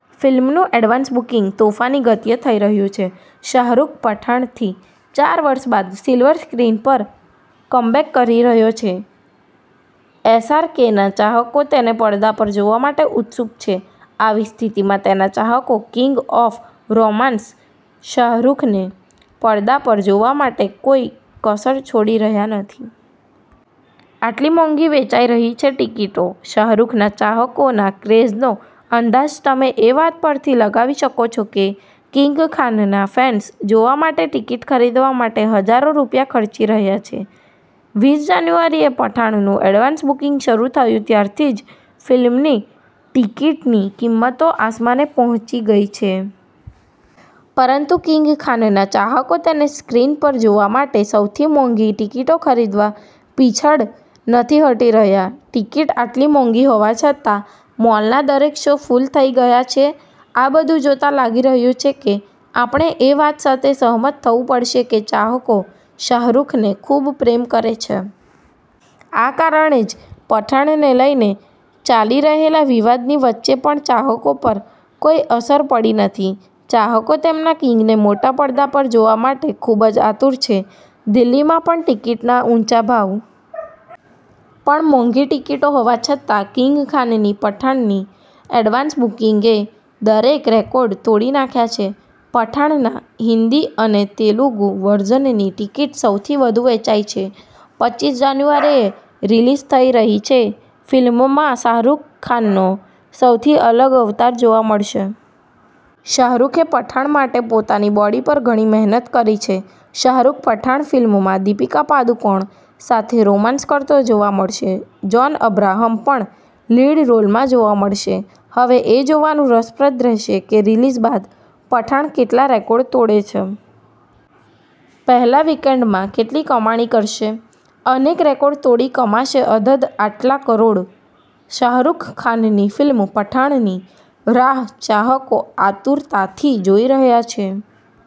ફિલ્મનું advance booking તોફાની ગતિએ થઇ રહ્યું છે. શાહરૂખ પઠાણથી ચાર વર્ષ બાદ સિલ્વર સ્ક્રીન પર કમબેક કરી રહ્યો છે. એસ આર કેના ચાહકો તેને પડદા પર જોવા માટે ઉત્સુક છે. આવી સ્થિતિમાં તેના ચાહકો કિંગ ઓફ રોમાન્સ શાહરૂખને પડદા પર જોવા માટે કોઈ કસર છોડી રહ્યા નથી. આટલી મોંઘી વેચાઈ રહી છે ટિકિટો શાહરૂખના ચાહકોના ક્રેઝનો અંદાજ તમે એ વાત પરથી લગાવી શકો છો કે કિંગ ખાનના ફેન્સ જોવા માટે ટિકિટ ખરીદવા માટે હજારો રૂપિયા ખર્ચી રહ્યા છે.વીસ જાન્યુઆરીએ પઠાણનું એડવાન્સ બુકિંગ શરૂ થયું ત્યારથી જ ફિલ્મની ટિકિટની કિંમતો આસમાને પહોંચી ગઈ છે. પરંતુ કિંગ ખાનના ચાહકો તેને સ્ક્રીન પર જોવા માટે સૌથી મોંઘી ટિકિટો ખરીદવા પીછડ નથી હટી રહ્યા. ટિકિટ આટલી મોંઘી હોવા છતાં મોલના દરેક શો ફુલ થઈ ગયા છે. આ બધું જોતા લાગી રહ્યું છે કે, આપણે એ વાત સાથે સહમત થવું પડશે કે ચાહકો શાહરૂખને ખુબ પ્રેમ કરે છે. આ કારણે જ પઠાણને લઈને ચાલી રહેલા વિવાદની વચ્ચે પણ ચાહકો પર કોઈ અસર પડી નથી. ચાહકો તેમના કિંગને મોટા પડદા પર જોવા માટે ખુબ જ આતુર છે. દિલ્હીમાં પણ ટિકિટના ઊંચા ભાવ! પણ મોંઘી ટિકિટો હોવા છતાં કિંગખાનની પઠાણની એડવાન્સ બુકિંગે દરેક રેકોર્ડ તોડી નાખ્યા છે. 'પઠાણ'ના હિન્દી અને તેલુગુ વર્ઝનની ટિકિટ સૌથી વધુ વેચાઈ છે. પચીસ જાન્યુઆરીએ રિલીઝ થઈ રહી છે. ફિલ્મમાં શાહરૂખ ખાનનો સૌથી અલગ અવતાર જોવા મળશે. શાહરુખે પઠાણ માટે પોતાની બોડી પર ઘણી મહેનત કરી છે. શાહરૂખ પઠાણ ફિલ્મમાં દીપિકા પાદુકોણ સાથે રોમાન્સ કરતો જોવા મળશે. જોન અબ્રાહમ પણ લીડ રોલમાં જોવા મળશે. હવે એ જોવાનું રસપ્રદ રહેશે કે રિલીઝ બાદ પઠાણ કેટલા રેકોર્ડ તોડે છે. પહેલા વિકેન્ડમાં કેટલી કમાણી કરશે? અનેક રેકોર્ડ તોડી કમાશે અધધ આટલા કરોડ: શાહરૂખ ખાનની ફિલ્મ 'પઠાણ' ની રાહ ચાહકો આતુરતાથી જોઈ રહ્યા છે.